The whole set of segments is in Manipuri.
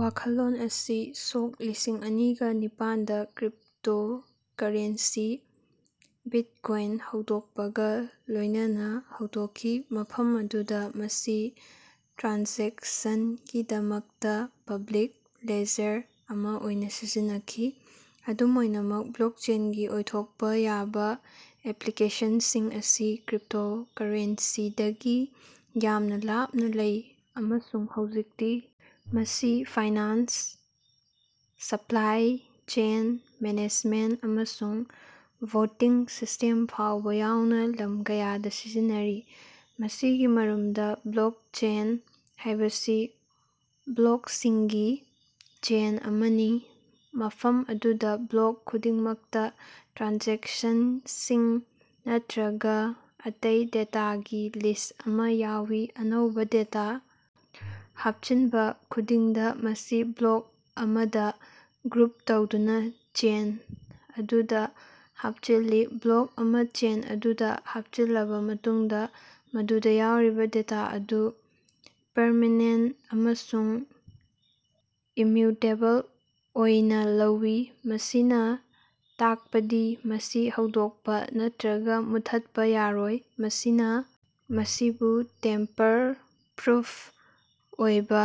ꯋꯥꯈꯜꯂꯣꯟ ꯑꯁꯤ ꯁꯣꯛ ꯂꯤꯁꯤꯡ ꯑꯅꯤꯒ ꯅꯤꯄꯥꯟꯗꯥ ꯀ꯭ꯔꯤꯞꯇꯣꯀꯥꯔꯦꯟꯁꯤ ꯕꯤꯠꯀꯣꯢꯟ ꯍꯧꯗꯣꯛꯄꯒꯥ ꯂꯣꯢꯅꯅꯥ ꯍꯧꯗꯣꯛꯈꯤ, ꯃꯐꯝ ꯑꯗꯨꯗꯥ ꯃꯁꯤ ꯇ꯭ꯔꯥꯟꯖꯦꯛꯁꯟꯒꯤꯗꯃꯛꯇꯥ ꯄꯕ꯭ꯂꯤꯛ ꯂꯦꯖꯔ ꯑꯃꯥ ꯑꯣꯏꯅꯥ ꯁꯤꯖꯤꯟꯅꯈꯤ꯫ ꯑꯗꯨꯝ ꯑꯣꯏꯅꯃꯛ ꯕ꯭ꯂꯣꯛꯆꯦꯟꯒꯤ ꯑꯣꯏꯊꯣꯛꯄꯥ ꯌꯥꯕꯥ ꯑꯦꯄ꯭ꯂꯤꯀꯦꯁꯟꯁꯤꯡ ꯑꯁꯤ ꯀ꯭ꯔꯤꯞꯇꯣꯀꯥꯔꯦꯟꯁꯤꯗꯒꯤ ꯌꯥꯝꯅꯥ ꯂꯥꯞꯅꯥ ꯂꯩ ꯑꯃꯁꯨꯡ ꯍꯧꯖꯤꯛꯇꯤ ꯃꯁꯤ ꯐꯥꯏꯅꯥꯟꯁ, ꯁꯄ꯭ꯂꯥꯏ ꯆꯦꯟ ꯃꯦꯅꯦꯖꯃꯦꯟꯇ ꯑꯃꯁꯨꯡ ꯚꯣꯇꯤꯡ ꯁꯤꯁꯇꯦꯝ ꯐꯥꯎꯕ ꯌꯥꯎꯅꯥ ꯂꯝ ꯀꯌꯥꯗꯥ ꯁꯤꯖꯤꯟꯅꯔꯤ꯫ ꯃꯁꯤꯒꯤ ꯃꯔꯨꯝꯗꯥ, ꯕ꯭ꯂꯣꯛꯆꯦꯟ ꯍꯥꯢꯕꯁꯤ ꯕ꯭ꯂꯣꯛꯁꯤꯡꯒꯤ ꯆꯦꯟ ꯑꯃꯅꯤ ꯃꯐꯝ ꯑꯗꯨꯗꯥ ꯕ꯭ꯂꯣꯛ ꯈꯨꯗꯤꯡꯃꯛꯇꯥ ꯇ꯭ꯔꯥꯟꯖꯦꯛꯁꯟꯁꯤꯡ ꯅꯠꯇ꯭ꯔꯒꯥ ꯑꯇꯩ ꯗꯦꯇꯥꯒꯤ ꯂꯤꯁ ꯑꯃꯥ ꯌꯥꯎꯏ꯫ ꯑꯅꯧꯕꯥ ꯗꯦꯇꯥ ꯍꯥꯞꯆꯤꯟꯕꯥ ꯈꯨꯗꯤꯡꯗꯥ ,ꯃꯁꯤ ꯕ꯭ꯂꯣꯛ ꯑꯃꯗꯥ ꯒ꯭ꯔꯨꯞ ꯇꯧꯗꯨꯅꯥ ꯆꯦꯟ ꯑꯗꯨꯗꯥ ꯍꯥꯞꯆꯤꯜꯂꯤ꯫ ꯕ꯭ꯂꯣꯛ ꯑꯃꯥ ꯆꯦꯟ ꯑꯗꯨꯗꯥ ꯍꯥꯞꯆꯤꯜꯂꯕꯥ ꯃꯇꯨꯡꯗꯥ, ꯃꯗꯨꯗꯥ ꯌꯥꯎꯔꯤꯕꯥ ꯗꯦꯇꯥ ꯑꯗꯨ ꯄꯔꯃꯦꯅꯦꯟꯇ ꯑꯃꯁꯨꯡ ꯏꯃ꯭ꯌꯨꯇꯦꯕꯜ ꯑꯣꯏꯅꯥ ꯂꯧꯏ, ꯃꯁꯤꯅꯥ ꯇꯥꯛꯄꯗꯤ ꯃꯁꯤ ꯍꯧꯗꯣꯛꯄꯥ ꯅꯠꯇ꯭ꯔꯒꯥ ꯃꯨꯠꯊꯠꯄꯥ ꯌꯥꯔꯣꯏ꯫ ꯃꯁꯤꯅꯥ ꯃꯁꯤꯕꯨ ꯇꯦꯝꯄꯔ-ꯄ꯭ꯔꯨꯐ ꯑꯣꯏꯕꯥ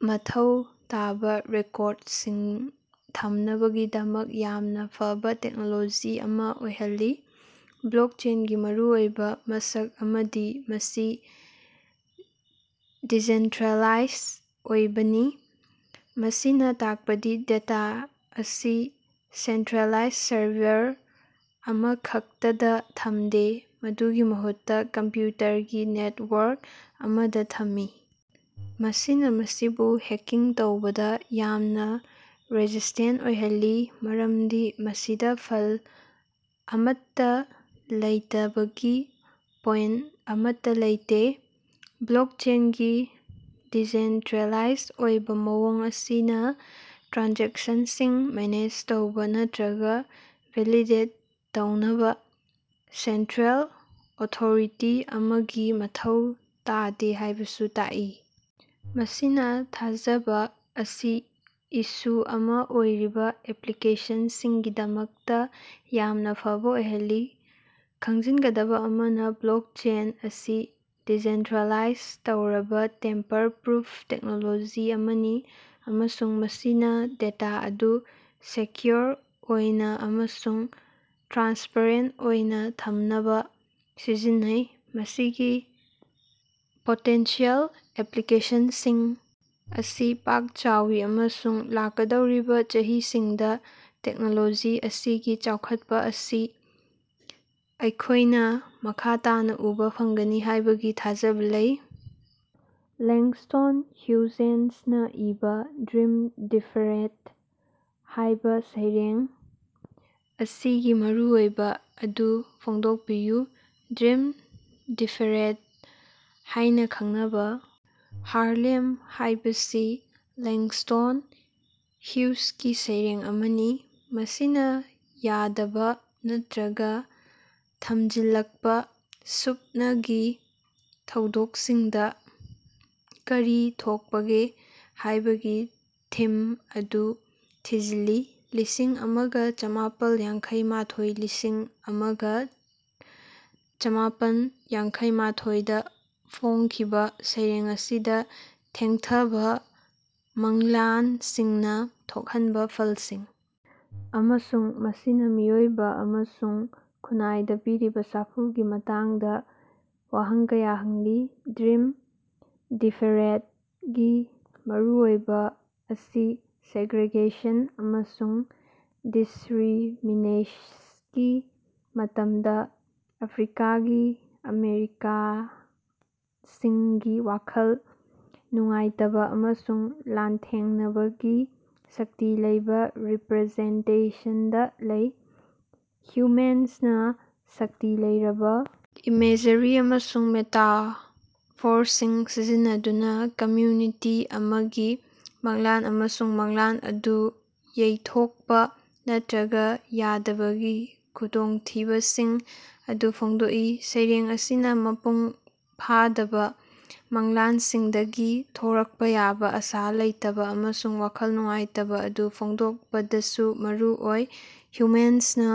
ꯃꯊꯧ ꯇꯥꯕꯥ ꯔꯦꯀꯣꯔꯗꯁꯤꯡ ꯊꯝꯅꯕꯒꯤꯗꯃꯛ ꯌꯥꯝꯅꯥ ꯐꯕꯥ ꯇꯦꯛꯅꯣꯂꯣꯖꯤ ꯑꯃꯥ ꯑꯣꯏꯍꯜꯂꯤ꯫ ꯕ꯭ꯂꯣꯛꯆꯦꯟꯒꯤ ꯃꯔꯨꯑꯣꯏꯕꯥ ꯃꯁꯛ ꯑꯃꯗꯤ ꯃꯁꯤ ꯗꯤꯁꯦꯟꯇ꯭ꯔꯦꯂꯥꯏꯖ ꯑꯣꯏꯕꯅꯤ, ꯃꯁꯤꯅꯥ ꯇꯥꯛꯄꯗꯤ ꯗꯦꯇꯥ ꯑꯁꯤ ꯁꯦꯟꯇ꯭ꯔꯦꯂꯥꯏꯖ ꯁꯔꯚꯔ ꯑꯃꯈꯛꯇꯗꯥ ꯊꯝꯗꯦ, ꯃꯗꯨꯒꯤ ꯃꯍꯨꯠꯇꯥ ꯀꯝꯄ꯭ꯌꯨꯇꯔꯒꯤ ꯅꯦꯠꯋꯥꯔꯛ ꯑꯃꯗꯥ ꯊꯝꯃꯤ꯫ ꯃꯁꯤꯅꯥ ꯃꯁꯤꯕꯨ ꯍꯦꯛꯀꯤꯡ ꯇꯧꯕꯗꯥ ꯌꯥꯝꯅꯥ ꯔꯦꯁꯤꯁꯇꯦꯟꯇ ꯑꯣꯏꯍꯜꯂꯤ, ꯃꯔꯝꯗꯤ ꯃꯁꯤꯗꯥ ꯐꯜ ꯑꯃꯠꯇꯥ ꯂꯩꯇꯕꯒꯤ ꯄꯣꯏꯟꯇ ꯑꯃꯠꯇꯥ ꯂꯩꯇꯦ꯫ ꯕ꯭ꯂꯣꯛꯆꯦꯟꯒꯤ ꯗꯤꯁꯦꯟꯇ꯭ꯔꯦꯂꯥꯏꯖ ꯑꯣꯏꯕꯥ ꯃꯑꯣꯡ ꯑꯁꯤꯅꯥ ꯇ꯭ꯔꯥꯟꯖꯦꯛꯁꯟꯁꯤꯡ ꯃꯦꯅꯦꯖ ꯇꯧꯕꯥ ꯅꯠꯇ꯭ꯔꯒꯥ ꯚꯦꯂꯤꯗꯦꯠ ꯇꯧꯅꯕꯥ ꯁꯦꯟꯇ꯭ꯔꯦꯜ ꯑꯣꯊꯣꯔꯤꯇꯤ ꯑꯃꯒꯤ ꯃꯊꯧ ꯇꯥꯗꯦ ꯍꯥꯢꯕꯁꯨ ꯇꯛꯏ, ꯃꯁꯤꯅꯥ ꯊꯥꯖꯕꯥ ꯑꯁꯤ ꯏꯁꯨ ꯑꯃꯥ ꯑꯣꯏꯔꯤꯕꯥ ꯑꯦꯄ꯭ꯂꯤꯀꯦꯁꯟꯁꯤꯡꯒꯤꯗꯃꯛꯇꯥ ꯌꯥꯝꯅꯥ ꯐꯕꯥ ꯑꯣꯏꯍꯜꯂꯤ꯫ ꯈꯪꯖꯤꯟꯒꯗꯕꯥ ꯑꯃꯅꯥ ꯕ꯭ꯂꯣꯛꯆꯦꯟ ꯑꯁꯤ ꯗꯤꯁꯦꯟꯇ꯭ꯔꯦꯂꯥꯏꯖ ꯇꯧꯔꯕꯥ ꯇꯦꯝꯄꯔ-ꯄ꯭ꯔꯨꯐ ꯇꯦꯛꯅꯣꯂꯣꯖꯤ ꯑꯃꯅꯤ ꯑꯃꯁꯨꯡ ꯃꯁꯤꯅꯥ ꯗꯦꯇꯥ ꯑꯗꯨ ꯁꯦꯀ꯭ꯌꯨꯑꯣꯔ ꯑꯣꯏꯅꯥ ꯑꯃꯁꯨꯡ ꯇ꯭ꯔꯥꯟꯁꯄꯦꯔꯦꯟꯇ ꯑꯣꯏꯅꯥ ꯊꯝꯅꯕꯥ ꯁꯤꯖꯤꯟꯅꯩ꯫ ꯃꯁꯤꯒꯤ ꯄꯣꯇꯦꯟꯁꯤꯌꯦꯜ ꯑꯦꯄ꯭ꯂꯤꯀꯦꯁꯟꯁꯤꯡ ꯑꯁꯤ ꯄꯥꯛ ꯆꯥꯎꯏ ꯑꯃꯁꯨꯡ ꯂꯥꯛꯀꯗꯧꯔꯤꯕꯥ ꯆꯍꯤꯁꯤꯡꯗꯥ ꯇꯦꯛꯅꯣꯂꯣꯖꯤ ꯑꯁꯤꯒꯤ ꯆꯥꯎꯈꯠꯄ ꯑꯁꯤ ꯑꯩꯈꯣꯢꯅꯥ ꯃꯈꯥ ꯇꯥꯅꯥ ꯎꯕꯥ ꯐꯪꯒꯅꯤ ꯍꯥꯢꯕꯒꯤ ꯊꯥꯖꯕꯥ ꯂꯩ꯫ ꯂꯦꯡꯁ꯭ꯇꯣꯟ ꯍ꯭ꯌꯨꯖꯦꯁꯅꯥ ꯏꯕꯥ "ꯗ꯭ꯔꯤꯝ ꯗꯤꯐꯦꯔꯦꯗ" ꯍꯥꯢꯕꯥ ꯁꯩꯔꯦꯡ ꯑꯁꯤꯒꯤ ꯃꯔꯨꯑꯣꯏꯕꯥ ꯑꯗꯨ ꯐꯣꯡꯗꯣꯛꯄꯤꯌꯨ꯫ "ꯗ꯭ꯔꯤꯝ ꯗꯤꯐꯦꯔꯦꯗ" ꯍꯥꯢꯅꯥ ꯈꯪꯅꯕꯥ "ꯍꯥꯔꯂꯦꯝ"ꯍꯥꯏꯕꯁꯤ ꯂꯦꯡꯁ꯭ꯇꯣꯟ ꯍꯨꯏꯁꯀꯤ ꯁꯩꯔꯦꯡ ꯑꯃꯅꯤ, ꯃꯁꯤꯅꯥ ꯌꯥꯗꯕꯥ ꯅꯠꯇ꯭ꯔꯒꯥ ꯊꯝꯖꯤꯜꯂꯛꯄꯥ ꯁꯨꯞꯅꯒꯤ ꯊꯧꯗꯣꯛꯁꯤꯡꯗꯥ ꯀꯔꯤ ꯊꯣꯛꯄꯒꯦ ꯍꯥꯢꯕꯒꯤ ꯊꯤꯝ ꯑꯗꯨ ꯊꯤꯖꯤꯜꯂꯤ꯫ ꯂꯤꯁꯤꯡ ꯑꯃꯒ ꯆꯥꯃꯥꯄꯜ ꯌꯥꯡꯈꯩ ꯃꯥꯊꯣꯏ ꯂꯤꯁꯤꯡ ꯑꯃꯒ ꯆꯥꯃꯄꯟ ꯌꯥꯡꯈꯩꯃꯊꯣꯢꯗꯥ ꯐꯣꯡꯈꯤꯕꯥ ꯁꯩꯔꯦꯡ ꯑꯁꯤꯅꯥ ꯊꯦꯡꯊꯕꯥ ꯃꯪꯂꯥꯟꯁꯤꯡꯅꯥ ꯊꯣꯛꯍꯟꯕꯥ ꯐꯜꯁꯤꯡ ꯑꯃꯁꯨꯡ ꯃꯁꯤꯅꯥ ꯃꯤꯑꯣꯏꯕꯥ ꯑꯃꯁꯨꯡ ꯈꯨꯟꯅꯥꯏꯗꯥ ꯄꯤꯔꯤꯕꯥ ꯁꯥꯐꯨꯒꯤ ꯃꯇꯥꯡꯗꯥ ꯋꯥꯍꯪ ꯀꯌꯥ ꯍꯪꯂꯤ꯫ ꯗ꯭ꯔꯤꯝ ꯗꯤꯐꯦꯔꯦꯗ ꯒꯤ ꯃꯔꯨꯑꯣꯏꯕꯥ ꯑꯁꯤ ꯁꯦꯒ꯭ꯔꯦꯒꯦꯁꯟ ꯑꯃꯁꯨꯡ ꯗꯤꯁꯔꯤꯃꯤꯅꯦꯁꯅꯒꯤ ꯃꯇꯝꯗꯥ ꯑꯐ꯭ꯔꯤꯀꯥꯒꯤ ꯑꯃꯦꯔꯤꯀꯥꯁꯤꯡꯒꯤ ꯋꯥꯈꯜ ꯅꯨꯡꯉꯥꯏꯇꯕꯥ ꯑꯃꯁꯨꯡ ꯂꯥꯟꯊꯦꯡꯅꯕꯒꯤ ꯁꯛꯇꯤ ꯂꯩꯕꯥ ꯔꯤꯄ꯭ꯔꯖꯦꯟꯇꯦꯁꯟꯗꯥ ꯂꯩ꯫ ꯍ꯭ꯌꯨꯃꯦꯟꯁꯅꯥ ꯁꯛꯇꯤ ꯂꯩꯔꯕꯥ ꯏꯃꯦꯖꯔꯤ ꯑꯃꯁꯨꯡ ꯃꯦꯇꯥꯐꯣꯔꯁꯤꯡ ꯁꯤꯖꯤꯟꯅꯗꯨꯅꯥ ꯀꯃ꯭ꯌꯨꯅꯤꯇꯤ ꯑꯃꯒꯤ ꯃꯪꯂꯥꯟ ꯑꯃꯁꯨꯡ ꯃꯪꯂꯥꯟ ꯑꯗꯨ ꯌꯩꯊꯣꯛꯄꯥ ꯅꯠꯇ꯭ꯔꯒꯥ ꯌꯥꯗꯕꯒꯤ ꯈꯨꯗꯣꯡꯊꯤꯕꯁꯤꯡ ꯑꯗꯨ ꯐꯣꯡꯗꯣꯛꯏ꯫ ꯁꯩꯔꯦꯡ ꯑꯁꯤꯅꯥ ꯃꯄꯨꯡ ꯐꯥꯗꯕꯥ ꯃꯪꯂꯥꯟꯁꯤꯡꯗꯒꯤ ꯊꯣꯔꯛꯄꯥ ꯌꯥꯕꯥ ꯑꯥꯁꯥ ꯂꯩꯇꯕꯥ ꯑꯃꯁꯨꯡ ꯋꯥꯈꯜ ꯅꯨꯡꯉꯥꯏꯇꯕꯥ ꯑꯗꯨ ꯐꯣꯡꯗꯣꯛꯄꯗꯁꯨ ꯃꯔꯨ ꯑꯣꯏ꯫ ꯍ꯭ꯌꯨꯃꯦꯟꯁꯅꯥ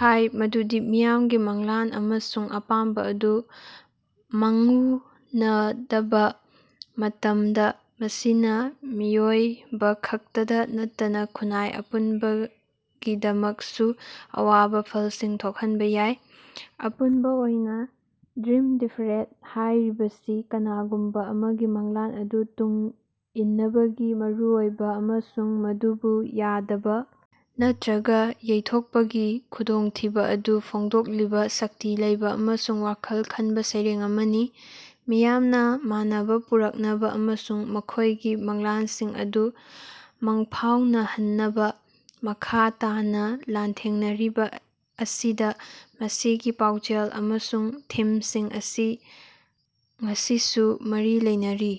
ꯍꯥꯢ ꯃꯗꯨꯗꯤ ꯃꯤꯌꯥꯝꯒꯤ ꯃꯪꯂꯥꯟ ꯑꯃꯁꯨꯡ ꯑꯄꯥꯝꯕꯥ ꯑꯗꯨ ꯃꯪꯎꯅꯗꯕꯥ ꯃꯇꯝꯗꯥ, ꯃꯁꯤꯅꯥ ꯃꯤꯑꯣꯏꯕꯈꯛꯇꯗꯥ ꯅꯠꯇꯅꯥ ꯈꯨꯟꯅꯥꯏ ꯑꯄꯨꯟꯕꯒꯤꯗꯃꯛꯁꯨ ꯑꯋꯥꯕꯥ ꯐꯜꯁꯤꯡ ꯊꯣꯛꯍꯟꯕꯥ ꯌꯥꯏ꯫ ꯑꯄꯨꯟꯕꯥ ꯑꯣꯏꯅꯥ "ꯗ꯭ꯔꯤꯝ ꯗꯤꯐꯦꯔꯦꯗ" ꯍꯥꯢꯔꯤꯕꯁꯤ ꯀꯅꯥꯒꯨꯝꯕꯥ ꯑꯃꯒꯤ ꯃꯪꯂꯥꯟ ꯑꯗꯨ ꯇꯨꯡ ꯏꯟꯅꯕꯒꯤ ꯃꯔꯨꯑꯣꯏꯕꯥ ꯑꯃꯁꯨꯡ ꯃꯗꯨꯕꯨ ꯌꯥꯗꯕꯥ ꯅꯠꯇ꯭ꯔꯒꯥ ꯌꯩꯊꯣꯛꯄꯒꯤ ꯈꯨꯗꯣꯡꯊꯤꯕꯥ ꯑꯗꯨ ꯐꯣꯡꯗꯣꯛꯂꯤꯕꯥ ꯁꯛꯇꯤ ꯂꯩꯕꯥ ꯑꯃꯁꯨꯡ ꯋꯥꯈꯜ ꯈꯟꯕꯥ ꯁꯩꯔꯦꯡ ꯑꯃꯅꯤ꯫ ꯃꯤꯌꯥꯝꯅꯥ ꯃꯥꯟꯅꯕꯥ ꯄꯨꯔꯛꯅꯕꯥ ꯑꯃꯁꯨꯡ ꯃꯈꯣꯢꯒꯤ ꯃꯪꯂꯥꯟꯁꯤꯡ ꯑꯗꯨ ꯃꯪꯐꯥꯎꯅꯍꯟꯅꯕꯥ ꯃꯈꯥ ꯇꯥꯅꯥ ꯂꯥꯟꯊꯦꯡꯅꯔꯤꯕꯥ ꯑꯁꯤꯗꯥ ꯃꯁꯤꯒꯤ ꯄꯥꯎꯖꯦꯜ ꯑꯃꯁꯨꯡ ꯊꯤꯝꯁꯤꯡ ꯑꯁꯤ ꯉꯁꯤꯁꯨ ꯃꯔꯤ ꯂꯩꯅꯔꯤ꯫